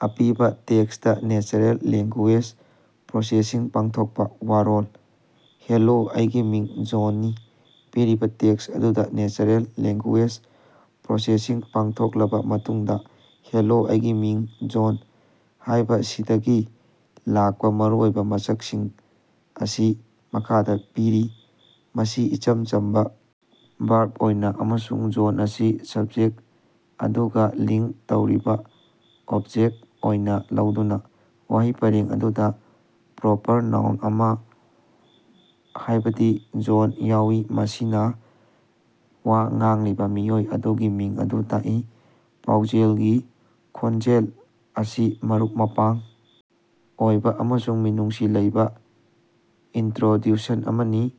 ꯑꯄꯤꯕ: text natural language processing ꯄꯥꯡꯊꯣꯛꯄ꯫ ꯋꯥꯔꯣꯜ: ꯍꯦꯜꯂꯣ, ꯑꯩꯒꯤ ꯃꯤꯡ ꯖꯣꯟꯅꯤ꯫ ꯄꯤꯔꯤꯕ ꯇꯦꯛꯁ ꯑꯗꯨꯗ ꯅꯦꯆꯔꯦꯜ ꯂꯦꯉ꯭ꯒꯨꯌꯦꯖ ꯄ꯭ꯔꯣꯁꯦꯁꯤꯡ ꯄꯥꯡꯊꯣꯛꯂꯕ ꯃꯇꯨꯡꯗ, "ꯍꯦꯂꯣ, ꯑꯩꯒꯤ ꯃꯤꯡ ꯖꯣꯟ" ꯍꯥꯏꯕꯁꯤꯗꯒꯤ ꯂꯥꯛꯄ ꯃꯔꯨꯑꯣꯏꯕ ꯃꯁꯛꯁꯤꯡ ꯑꯁꯤ ꯃꯈꯥꯗ ꯄꯤꯔꯤ: ꯃꯁꯤ ꯏꯆꯝ ꯆꯝꯕ ꯚꯥꯔꯕ ꯑꯣꯏꯅ, ꯑꯃꯁꯨꯡ "ꯖꯣꯟ" ꯑꯁꯤ ꯁꯕꯖꯦꯛ ꯑꯗꯨꯒ ꯂꯤꯡ ꯇꯧꯔꯤꯕ ꯑꯣꯕꯖꯦꯛꯇ ꯑꯣꯏꯅ ꯂꯧꯗꯨꯅ꯫ ꯋꯥꯍꯩ ꯄꯔꯦꯡ ꯑꯗꯨꯗ ꯄ꯭ꯔꯣꯄꯔ ꯅꯥꯎꯟ ꯑꯃ ꯍꯥꯏꯕꯗꯤ "ꯖꯣꯟ" ꯌꯥꯎꯏ꯫ ꯃꯁꯤꯅ ꯋꯥ ꯉꯥꯡꯂꯤꯕ ꯃꯤꯑꯣꯏ ꯑꯗꯨꯒꯤ ꯃꯤꯡ ꯑꯗꯨ ꯇꯥꯛꯏ꯫ ꯄꯥꯎꯖꯦꯜꯒꯤ ꯈꯣꯟꯖꯦꯜ ꯑꯁꯤ ꯃꯔꯨꯞ-ꯃꯄꯥꯡ ꯑꯣꯏꯕ ꯑꯃꯁꯨꯡ ꯃꯤꯅꯨꯡꯁꯤ ꯂꯩꯕ ꯏꯟꯇ꯭ꯔꯣꯗ꯭ꯌꯨꯁꯟ ꯑꯃꯅꯤ꯫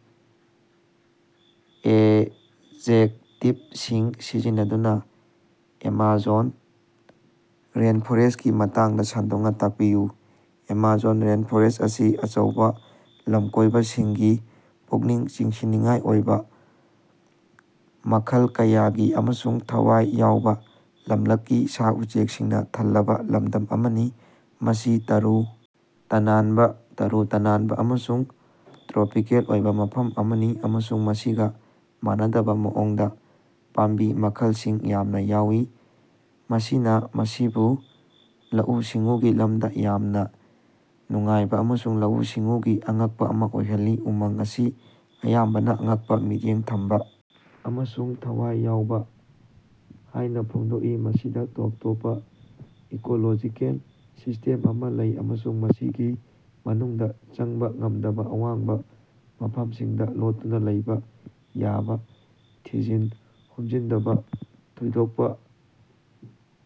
ꯑꯦꯖꯦꯛꯇꯤꯚꯁꯤꯡ ꯁꯤꯖꯤꯟꯅꯗꯨꯅꯥ ꯑꯦꯃꯥꯖꯣꯟ ꯔꯦꯟꯐꯣꯔꯦꯁ꯭ꯠꯀꯤ ꯃꯇꯥꯡꯗ ꯁꯟꯗꯣꯛꯅ ꯇꯥꯛꯄꯤꯌꯨ꯫ ꯑꯦꯃꯥꯖꯣꯟ ꯔꯦꯟꯐ꯭ꯣꯔꯦꯁ꯭ꯠ ꯑꯁꯤ ꯑꯆꯧꯕ ꯂꯝꯀꯣꯏꯕꯁꯤꯡꯒꯤ ꯄꯨꯛꯅꯤꯡ ꯆꯤꯡꯁꯤꯟꯅꯤꯡꯉꯥꯏ ꯑꯣꯏꯕ ꯃꯈꯜ ꯀꯌꯥꯒꯤ ꯑꯃꯁꯨꯡ ꯊꯋꯥꯏ ꯌꯥꯎꯕ ꯂꯝꯂꯛꯀꯤ ꯁꯥ-ꯎꯆꯦꯛꯁꯤꯡꯅ ꯊꯜꯂꯕ ꯂꯝꯗꯝ ꯑꯃꯅꯤ꯫ ꯃꯁꯤ ꯇꯔꯨ ꯇꯅꯥꯟꯕ, ꯇꯔꯨ ꯇꯅꯥꯟꯕ ꯑꯃꯁꯨꯡ ꯇ꯭ꯔꯣꯄꯤꯀꯦꯜ ꯑꯣꯏꯕ ꯃꯐꯝ ꯑꯃꯅꯤ ꯑꯃꯁꯨꯡ ꯃꯁꯤꯒ ꯃꯥꯟꯅꯗꯕ ꯃꯑꯣꯡꯗ ꯄꯥꯝꯕꯤ ꯃꯈꯜꯁꯤꯡ ꯌꯥꯝꯅ ꯌꯥꯎꯏ꯫ ꯃꯁꯤꯅ ꯃꯁꯤꯕꯨ ꯂꯧꯎ-ꯁꯤꯡꯎꯒꯤ ꯂꯝꯗ ꯌꯥꯝꯅ ꯅꯨꯡꯉꯥꯏꯕ ꯑꯃꯁꯨꯡ ꯂꯧꯎ-ꯁꯤꯡꯎꯒꯤ ꯑꯉꯛꯄ ꯑꯃ ꯑꯣꯏꯍꯜꯂꯤ꯫ ꯎꯃꯪ ꯑꯁꯤ ꯑꯌꯥꯝꯕꯅ ꯑꯉꯛꯄ, ꯃꯤꯠꯌꯦꯡ ꯊꯝꯕ ꯑꯃꯁꯨꯡ ꯊꯋꯥꯏ ꯌꯥꯎꯕ ꯍꯥꯏꯅ ꯐꯣꯡꯗꯣꯛꯏ꯫ ꯃꯁꯤꯗ ꯇꯣꯞ ꯇꯣꯞꯄ ꯏꯀꯣꯂꯣꯖꯤꯀꯦꯜ ꯁꯤꯁ꯭ꯇꯦꯝ ꯑꯃꯥ ꯂꯩ꯫ ꯑꯃꯁꯨꯡ ꯃꯁꯤꯒꯤ ꯃꯅꯨꯡꯗ ꯆꯪꯕ ꯉꯝꯗꯕ ꯑꯋꯥꯡꯕ ꯃꯐꯝꯁꯤꯡꯗ ꯂꯣꯠꯇꯨꯅ ꯂꯩꯕ ꯌꯥꯕ ꯊꯤꯖꯤꯟ ꯍꯨꯝꯖꯤꯟꯗꯕ ꯊꯣꯏꯗꯣꯛꯄ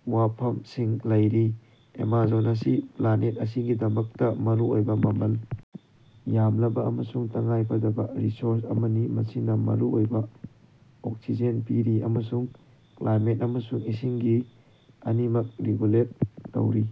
ꯋꯥꯐꯝꯁꯤꯡ ꯂꯩꯔꯤ꯫ ꯑꯦꯃꯥꯖꯣꯟ ꯑꯁꯤ ꯄ꯭ꯂꯥꯅꯦꯠ ꯑꯁꯤꯒꯤꯗꯃꯛꯇ ꯃꯔꯨꯑꯣꯏꯕ ꯃꯃꯜ ꯌꯥꯝꯂꯕ ꯑꯃꯁꯨꯡ ꯇꯉꯥꯏ ꯐꯗꯕ ꯔꯤꯁꯣꯔꯁ ꯑꯃꯅꯤ꯫ ꯃꯁꯤꯅ ꯃꯔꯨꯑꯣꯏꯕ ꯑꯣꯛꯁꯤꯖꯦꯟ ꯄꯤꯔꯤ꯫ ꯑꯃꯁꯨꯡ ꯀ꯭ꯂꯥꯏꯃꯦꯠ ꯑꯃꯁꯨꯡ ꯏꯁꯤꯡꯒꯤ ꯑꯅꯤꯃꯛ ꯔꯤꯒꯨꯂꯦꯠ ꯇꯧꯔꯤ꯫